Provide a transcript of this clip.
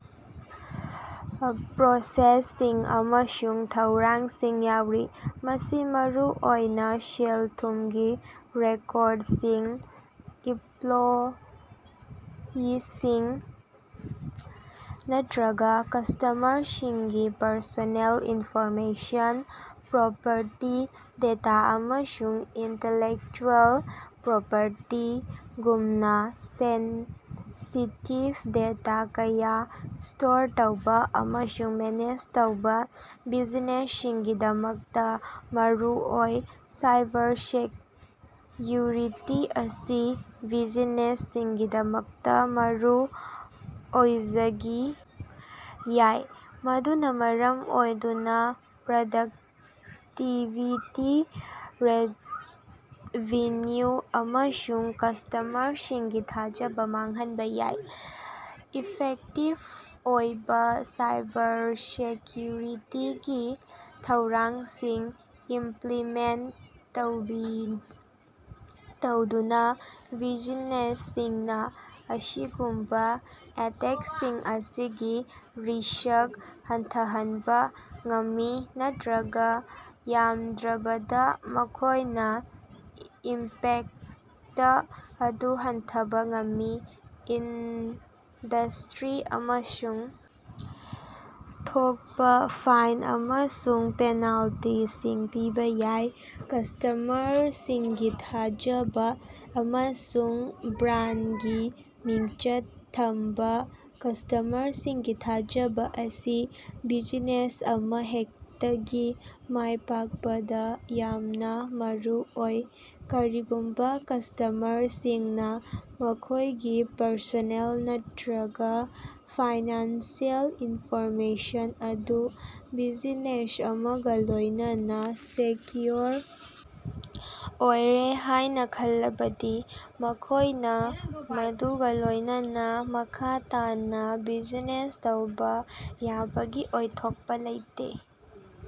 Processing ꯑꯃꯁꯨꯡ ꯊꯧꯔꯥꯡꯁꯤꯡ ꯌꯥꯎꯔꯤ꯫ ꯃꯁꯤ ꯃꯔꯨꯑꯣꯏꯅ ꯁꯦꯜ ꯊꯨꯝꯒꯤ ꯔꯦꯀꯣꯔꯠꯁꯤꯡ ꯏꯝꯄꯂꯣꯌꯤꯁꯤꯡ ꯅꯠꯇ꯭ꯔꯒ ꯀꯁꯇꯃꯔꯁꯤꯡꯒꯤ ꯄꯔꯁꯣꯅꯦꯜ ꯏꯟꯐꯣꯔꯃꯦꯁꯟ ꯄ꯭ꯔꯣꯄꯔꯇꯤ ꯗꯦꯇꯥ ꯑꯃꯁꯨꯡ ꯏꯟꯇꯦꯂꯦꯛꯆꯨꯑꯦꯜ ꯄ꯭ꯔꯣꯄꯔꯇꯤꯒꯨꯝꯕ ꯁꯦꯟꯁꯤꯇꯤꯞ ꯗꯦꯇꯥ ꯀꯌꯥ ꯁꯇꯣꯔ ꯇꯧꯕ ꯑꯃꯁꯨꯡ ꯃꯦꯅꯦꯖ ꯇꯧꯕ ꯕꯤꯖꯤꯅꯦꯁꯁꯤꯡꯒꯤꯗꯃꯛꯇ ꯃꯔꯨꯑꯣꯏ꯫ ꯁꯥꯏꯕꯔꯁꯦꯛꯌꯨꯔꯤꯇꯤ ꯑꯁꯤ ꯕꯤꯖꯤꯅꯦꯁꯁꯤꯡꯒꯤꯗꯃꯛꯇ ꯃꯔꯨꯑꯣꯏꯖꯒꯤ ꯌꯥꯏ ꯃꯗꯨꯅ ꯃꯔꯝ ꯑꯣꯏꯗꯨꯅ ꯄ꯭ꯔꯗꯛꯇꯤꯚꯤꯇꯤ ꯔꯦꯚꯤꯟꯌꯨ ꯑꯃꯁꯨꯡ ꯀꯁꯇꯃꯔꯁꯤꯡꯒꯤ ꯊꯥꯖꯕ ꯃꯥꯡꯍꯟꯕ ꯌꯥꯏ꯫ ꯏꯐꯦꯛꯇꯤꯚ ꯑꯣꯏꯕ ꯁꯥꯏꯕꯔꯁꯦꯀ꯭ꯌꯨꯔꯤꯇꯤꯒꯤ ꯊꯧꯔꯥꯡꯁꯤꯡ ꯏꯝꯄꯂꯤꯃꯦꯟꯇ ꯇꯧꯕꯤ ꯇꯧꯗꯨꯅ ꯕꯤꯖꯤꯅꯦꯁꯁꯤꯡꯅ ꯑꯁꯤꯒꯨꯝꯕ ꯑꯦꯇꯦꯛꯁꯤꯡ ꯑꯁꯤꯒꯤ ꯔꯤꯁ꯭ꯛ ꯍꯟꯊꯍꯟꯕ ꯉꯝꯃꯤ ꯅꯠꯇ꯭ꯔꯒꯥ ꯌꯥꯝꯗ꯭ꯔꯕꯗ ꯃꯈꯣꯏꯅ ꯏꯝꯄꯦꯛꯇ ꯑꯗꯨ ꯍꯟꯊꯕ ꯉꯝꯃꯤ꯫ ꯏꯟꯗꯁꯇꯔꯤ ꯑꯃꯁꯨꯡ ꯊꯣꯛꯄꯥ ꯐꯥꯏꯟ ꯑꯃꯁꯨꯡ ꯄꯦꯅꯥꯜꯇꯤꯁꯤꯡ ꯄꯤꯕ ꯌꯥꯏ꯫ ꯀꯁꯇꯃꯔꯁꯤꯡꯒꯤ ꯊꯥꯖꯕ ꯑꯃꯁꯨꯡ ꯕ꯭ꯔꯥꯟꯗꯒꯤ ꯃꯤꯡꯆꯠ ꯊꯝꯕ ꯀꯁꯇꯃꯔꯁꯤꯡꯒꯤ ꯊꯥꯖꯕ ꯑꯁꯤ ꯕꯤꯖꯤꯅꯦꯁ ꯑꯃꯍꯦꯛꯇꯒꯤ ꯃꯥꯏ ꯄꯥꯛꯄꯗ ꯌꯥꯝꯅ ꯃꯔꯨꯑꯣꯏ꯫ ꯀꯔꯤꯒꯨꯝꯕ ꯀꯁꯇꯃꯔꯁꯤꯡꯅ ꯃꯈꯣꯏꯒꯤ ꯄꯔꯁꯣꯅꯦꯜ ꯅꯠꯇ꯭ꯔꯒꯥ ꯐꯥꯏꯅꯥꯟꯁꯤꯑꯦꯜ ꯏꯟꯐꯣꯔꯃꯦꯁꯟ ꯑꯗꯨ ꯕꯤꯖꯤꯅꯦꯁ ꯑꯃꯒ ꯂꯣꯏꯅꯅ ꯁꯦꯛꯌꯨꯑꯣꯔ ꯑꯣꯏꯔꯦ ꯍꯥꯏꯅ ꯈꯜꯂꯕꯗꯤ ꯃꯈꯣꯏꯅ ꯃꯗꯨꯒ ꯂꯣꯏꯅꯅ ꯃꯈꯥ ꯇꯥꯅ ꯕꯤꯖꯤꯅꯦꯁ ꯇꯧꯕ ꯌꯥꯕꯒꯤ ꯑꯣꯏꯊꯣꯛꯄ ꯂꯩꯇꯦ꯫